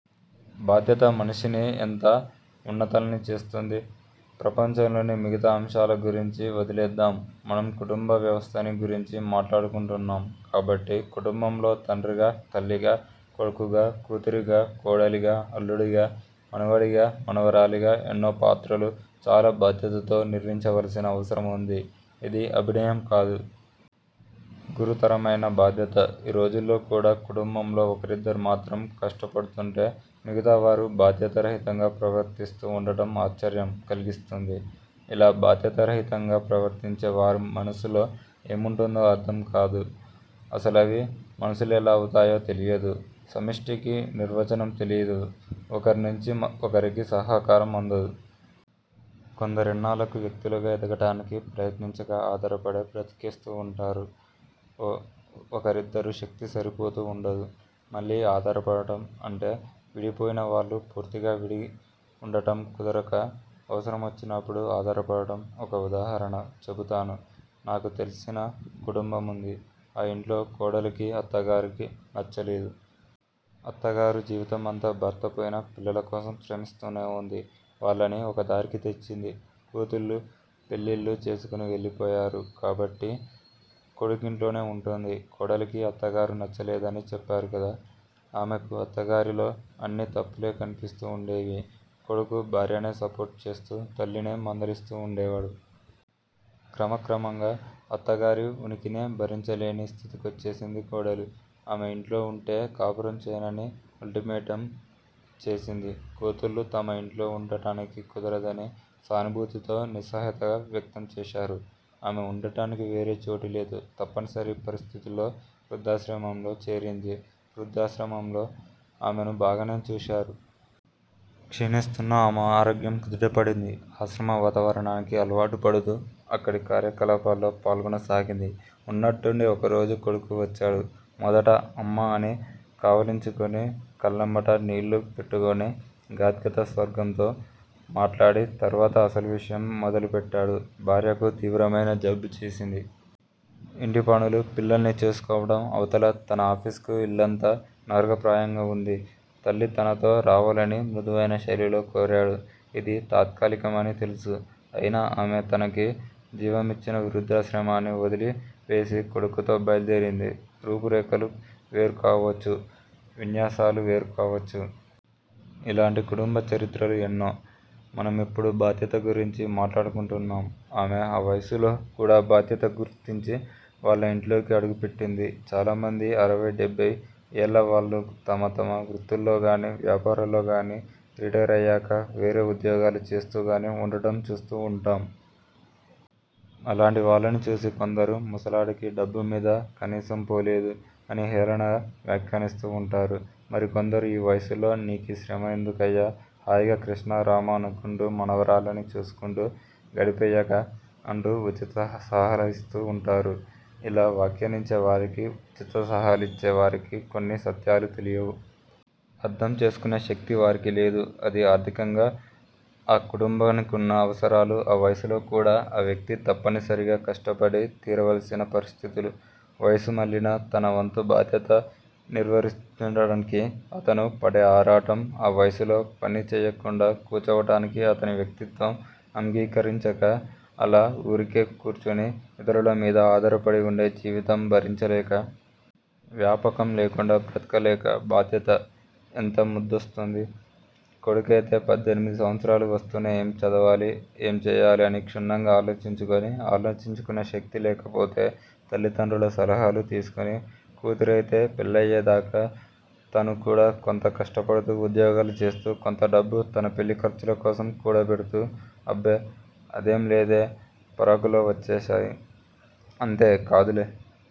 బాధ్యత మనిషిని ఎంత వున్నతుల్ని చేస్తుంది! ప్రపంచంలోని మిగతా అంశాల గురించి వదిలేద్దాం. మనం కుటుంబ వ్యవస్థని గురించి మాట్లాడుకుంటున్నాం కాబట్టి. కుటుంబంలో తండ్రిగా, తల్లిగా, కొడుకుగా, కూతురిగా, కోడలిగా, అల్లుడిగా, మనవడిగా, మనవరాలిగా, ఎన్నో పాత్రలు చాలా బాధ్యతతో నిర్వహించవలసిన అవసరముంది. ఇది అభినయం కాదు. గురుతరమైన బాధ్యత. ఈ రోజుల్లో కూడ కుటుంబంలో ఒకరిద్దరు మాత్రం కష్టపడుతూంటే మిగతావారు బాధ్యతా రహితంగా ప్రవర్తిస్తూ వుండటం ఆశ్చర్యం కలిగిస్తుంది. ఇలా బాధ్యతా రహితంగా ప్రవర్తించే వారి మనస్సులో ఏముంటుందో అర్ధం కాదు. అసలవి మనసులెలా అవుతాయో తెలియదు. 'సమిష్టి'కి నిర్వచనం తెలియదు. ఒకర్నుంచి ఒకరికి సహకారం అందదు. కొందరెన్నాళ్ళకూ వ్యక్తులుగా ఎదగటానికి ప్రయత్నించక ఆధారపడే బ్రతికేస్తూ వుంటారు. ఆ ఒకరిద్దరి శక్తి సరిపోతూ వుండదు. మళ్ళీ ఆధారపడడం. అంటే విడిపోయిన వాళ్ళు పూర్తిగా విడిగా వుండటం కుదరక అవసరమొచ్చినప్పుడు ఆధారపడటం. ఒక ఉదాహరణ చెబుతాను. నాకు తెలిసిన కుటుంబముంది. ఆ యింట్లో కోడలికి అత్తగారికీ నచ్చలేదు. అత్తగారు జీవితమంతా భర్తపోయినా పిల్లలకోసం శ్రమిస్తూనే వుంది. వాళ్ళని ఒకదారికి తెచ్చింది. కూతుళ్ళు పెళ్ళిళ్ళు చేసుకుని వెళ్ళిపోయారు. కాబట్టి కొడుకింట్లోనే వుంటోంది. కోడలికి అత్తగారు నచ్చలేదని చెప్పారు కదా. ఆమెకు అత్తగారిలో అన్నీ తప్పులే కనిపిస్తూ వుండేవి. కొడుకు భార్యనే సపోర్ట్ చేస్తూ తల్లినే మందలిస్తూ వుండేవాడు. క్రమక్రమంగా అత్తగారి ఉనికినే భరించలేని స్థితికొచ్చేసింది కోడలు. ఆమె యింట్లో వుంటే కాపురం చెయ్యనని అల్టిమేటమ్ యిచ్చేసింది. కూతుళ్ళు తమ యింట్లో వుండటానికి కుదరదని సానుభూతితో నిస్సహాయత వ్యక్తం చేశారు. ఆమె వుండటానికి వేరే చోటులేదు. తప్పనిసరి పరిస్థితుల్లో వృద్దాశ్రమంలో చేరింది. వృద్దాశ్రమంలో ఆమెను బాగానే చూశారు. క్షీణిస్తోన్న ఆమె ఆరోగ్యం కుదుటపడింది. ఆశ్రమ వాతావరణానికి అలవాటు పడుతూ అక్కడి కార్యకలాపాల్లో పాల్గొనసాగింది. ఉన్నట్లుండి ఒక రోజు కొడుకు వచ్చాడు. మొదట 'అమ్మా'అని కావలించుకుని, కళ్ళమ్మట నీళ్ళు పెట్టుకుని, గద్గద స్వరంతో మాట్లాడి తర్వాత అసలు విషయం మొదలుపెట్టాడు. భార్యకు తీవ్రమైన జబ్బు చేసింది. ఇంటి పనులూ, పిల్లల్ని చూసుకోవటం, అవతల తన ఆఫీసు ఇల్లంతా నరకప్రాయంగా వుంది. తల్లి తనతో రావాలని మృదువైన శైలిలో కోరాడు. ఇది తాత్కాలికమని తెలుసు. అయినా ఆమె తనకి జీవమిచ్చిన వృద్దాశ్రమాన్ని వొదిలి వేసి కొడుకుతో బయల్దేరింది. రూపు రేఖలు వేరుకావచ్చు. విన్యాసాలు వేరుకావచ్చు. ఇలాంటి కుటుంబ చరిత్రలు ఎన్నో. మనమిప్పుడు బాధ్యత గురించి మాట్లాడుకుంటున్నాం ఆమె ఆ వయసులో కూడ బాధ్యత గుర్తించి వాళ్ళ ఇంట్లోకి అడుగుపెట్టింది. చాలామంది అరవై, డెబ్బై ఏళ్ల వాళ్ళు తమ తమ వృత్తుల్లో గాని, వ్యాపారాల్లో గాని, రిటైరయాక వేరే ఉద్యోగాలు చేస్తూ గాని వుండటం చూస్తూ వుంటాం. అలాంటి వాళ్ళని చూసి కొందరు ముసలాడికి డబ్బుమీద కాసినం పోలేదు అని హేళనగా వ్యాఖ్యానిస్తూ వుంటారు. మరికొందరు, యీ వయసులో నీకీ శ్రమ ఎందుకయ్యా హాయిగా కృష్ణా రామా అనుకుంటూ, మనవరాళ్ళని చూసుకుంటూ గడిపెయ్యక, అంటూ ఉచిత సలహాలిస్తూ వుంటారు. ఇలా వ్యాఖ్యానించే వారికి, ఉచిత సలహాలిచ్చే వారికి కొన్ని సత్యాలు తెలియవు. అర్ధం చేసుకునే శక్తి వారికి లేదు. అది ఆర్ధికంగా ఆ కుటుంబానికున్న అవసరాలు ఆ వయసులో కూడా ఆ వ్యక్తి తప్పనిసరిగా కష్టపడి తీరవలసిన పరిస్థితులు. వయసు మళ్ళినా తన వంతు బాధ్యత నిర్వర్తించటానికి అతను పడే ఆరాటం. ఆ వయసులో పని చెయ్యకుండా కూచోవటానికి అతని వ్యక్తిత్వం అమ్గీకరించక, అలా వూరికే కూర్చుని యితరుల మీద ఆధారపడి వుండే జీవితం భరించలేక. వ్యాపకం లేకుండా బ్రతకలేక. బాధ్యత! ఎంత ముద్దొస్తుంది? కొడుకైతే పద్దెనిమిది సంవత్సరాలు వస్తూనే ఏం చదవాలి, ఏం చేయాలి అని క్షుణ్ణంగా ఆలోచించుకుని, ఆలోచించుకునే శక్తి లేకపోతే తల్లిదండ్రుల సలహాలు తీసుకుని, కూతురయితే పెళ్ళయేదాకా తాను కూడా కొంత కష్టపడుతూ ఉద్యోగాలు చేస్తూ, కొంత డబ్బు తన పెళ్ళి ఖర్చుల కోసం కూడబెడుతూ. అబ్బే అదేం లేదే? పరాకులో వచ్చేశాను! అంతే! కాదులే!